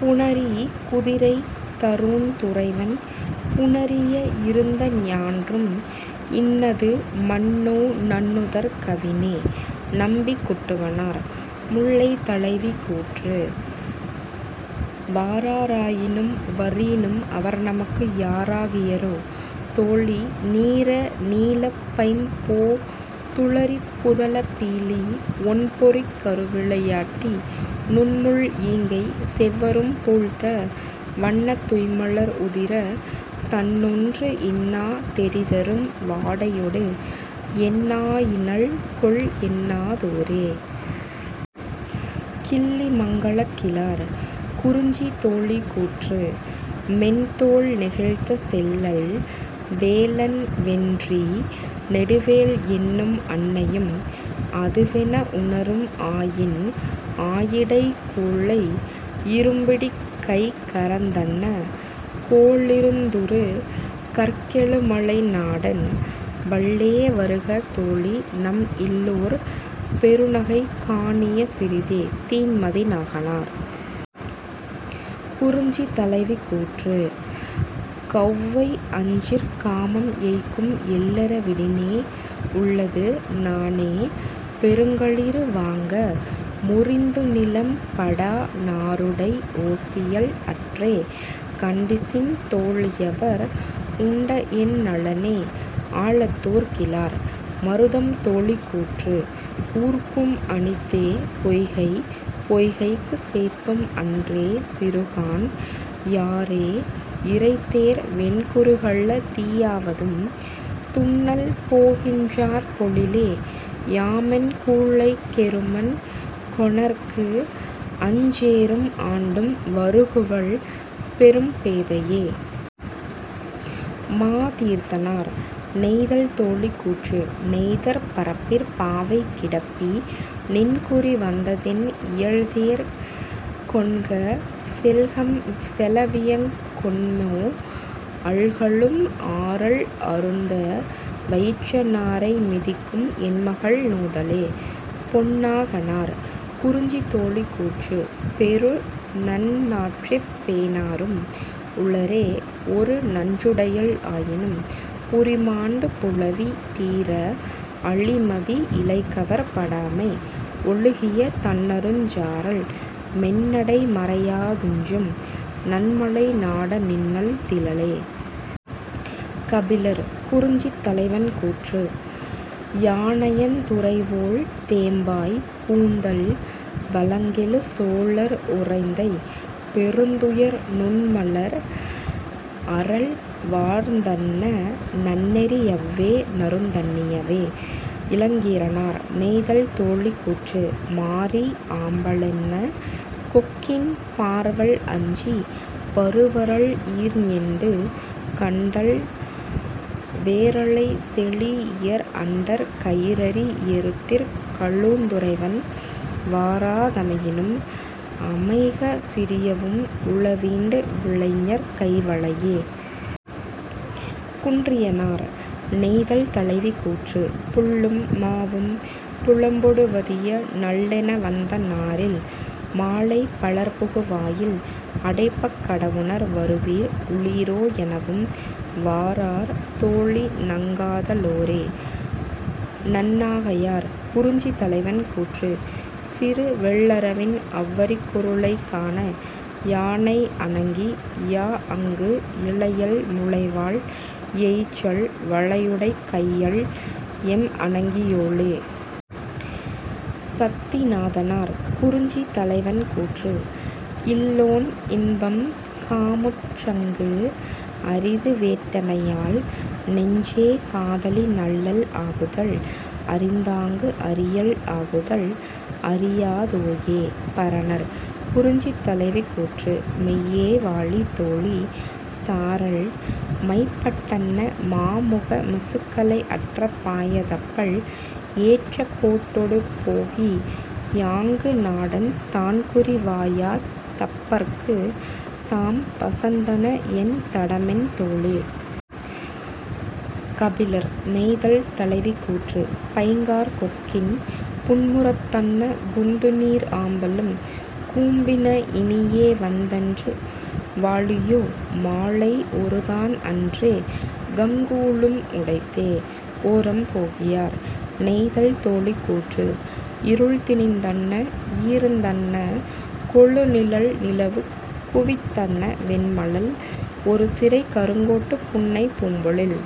புணரி இகுதிரை தரூஉந் துறைவன் புணரிய இருந்த ஞான்றும் இன்னது மன்னோ நன்னுதற் கவினே. -நம்பி குட்டுவனார்.. முல்லை தலைவி கூற்று வாரா ராயினும் வரினும் அவர்நமக்கு யாரா கியரோ தோழி நீர நீலப் பைம்போ துளரிப் புதல பீலி ஒண்பொறிக் கருவிளை யாட்டி நுண்முள் ஈங்கைச் செவ்வரும் பூழ்த்த வண்ணத் துய்ம்மலர் உதிரத் தண்ணென்று இன்னா தெறிதரும் வாடையொடு என்னா யினள்கொல் என்னா தோரே. -கிள்ளிமங்கலங்கிழார்.. குறிஞ்சி தோழி கூற்று மென்தோள் நெகிழ்த்த செல்லல் வேலன் வென்றி நெடுவேள் என்னும் அன்னையும் அதுவென உணரும் ஆயின் ஆயிடைக் கூழை இரும்பிடிக் கைகரந் தன்ன கேழிருந் துறுகற் கெழுமலை நாடன் வல்லே வருக தோழிநம் இல்லோர் பெருநகை காணிய சிறிதே. -தீன்மதி நாகனார்.. குறிஞ்சி தலைவி கூற்று கௌவை யஞ்சிற் காமம் எய்க்கும் எள்ளற விடினே உள்ளது நாணே பெருங்களிறு வாங்க முரிந்துநிலம் படாஅ நாருடை ஒசியல் அற்றே கண்டிசின் தோழியவர் உண்டஎன் நலனே. -ஆலத்தூர் கிழார்.. மருதம் தோழி கூற்று ஊர்க்கும் அணித்தே பொய்கை பொய்கைக்குச் சேய்த்தும் அன்றே சிறுகான் யாறே இரைதேர் வெண்குரு கல்ல தியாவதும் துன்னல்போ கின்றாற் பொழிலே யாமெம் கூழைக் கெருமண் கொணர்கஞ் சேறும் ஆண்டும் வருகுவள் பெரும்பே தையே. -மாதீர்த்தனார்.. நெய்தல் தோழி கூற்று நெய்தற் பரப்பிற் பாவை கிடப்பி நின்குறி வந்தனென் இயல்தேர்க் கொண்க செல்கம் செலவியங் கொண்மோ அல்கலும் ஆரல் அருந்த வயிற்ற நாரை மிதிக்கும் என்மகள் நுதலே. -பொன்னாகனார்.. குறிஞ்சி தோழி கூற்று பெருநன் றாற்றிற் பேணாரும் உளரே ஒருநன் றுடையள் ஆயினும் புரிமாண்டு புலவி தீர அளிமதி இலைகவர் பாடமை ஒழுகிய தண்ணறுஞ் சாரல் மென்னடை மரையா துஞ்சும் நன்மலை நாட நின்னல திலளே. -கபிலர்.. குறிஞ்சி தலைவன் கூற்று யானயந் துறைவோள் தேம்பாய் கூந்தல் வளங்கெழு சோழர் உறந்தைப் பெருந்துறை நுண்மணல் அறல்வார்ந் தன்ன நன்னெறி யவ்வே நறுந்தண் ணியவே. -இளங்கீரனார்.. நெய்தல் தோழி கூற்று மாரி ஆம்ப லன்ன கொக்கின் பார்வல் அஞ்சிய பருவரல் ஈர்ஞெண்டு கண்டல் வேரளைச் செலீஇயர் அண்டர் கயிறரி யெருத்திற் கதழுந் துறைவன் வாரா தமையினும் அமைக சிறியவும் உளவீண்டு விலைஞர்கை வளையே. -குன்றியனார்.. நெய்தல் தலைவி கூற்று புள்ளும் மாவும் புலம்பொடு வதிய நள்ளென வந்த நாரில் மாலைப் பலர்புகு வாயில் அடைப்பக் கடவுநர் வருவீர் உளீரோ எனவும் வாரார் தோழிநங் காத லோரே. -நன்னாகையார்.. குறிஞ்சி தலைவன் கூற்று சிறுவெள் ளரவின் அவ்வரிக் குருளை கான யானை அணங்கி யாஅங்கு இளையள் முளைவாள் எயிற்றள் வளையுடைக் கையள்எம் அணங்கி யோளே. -சத்திநாதனார்.. குறிஞ்சி தலைவன் கூற்று இல்லோன் இன்பங் காமுற் றாஅங்கு அரிதுவேட் டனையால் நெஞ்சே காதலி நல்லள் ஆகுதல் அறிந்தாங்கு அரியள் ஆகுதல் அறியா தோயே. -பரணர்.. குறிஞ்சி தலைவி கூற்று மெய்யே வாழி தோழி சாரல் மைபட் டன்ன மாமுக முசுக்கலை ஆற்றப் பாயாத் தப்பல் ஏற்ற கோட்டொடு போகி யாங்கு நாடன் தான்குறி வாயாத் தப்பற்குத் தாம்பசந் தனஎன் தடமென் தோளே. -கபிலர்.. நெய்தல் தலைவி கூற்று பைங்காற் கொக்கின் புன்புறத் தன்ன குண்டுநீர் ஆம்பலும் கூம்பின இனியே வந்தன்று வாழியோ மாலை ஒருதான் அன்றே கங்குலும் உடைத்தே. -ஓரம் போகியார்.. நெய்தல் தோழி கூற்று இருள்திணிந் தன்ன ஈர்ந்தண் கொழுநிழல் நிலவுக்குவித் தன்ன வெண்மணல் ஒருசிறைக் கருங்கோட்டுப் புன்னைப் பூம்பொழில்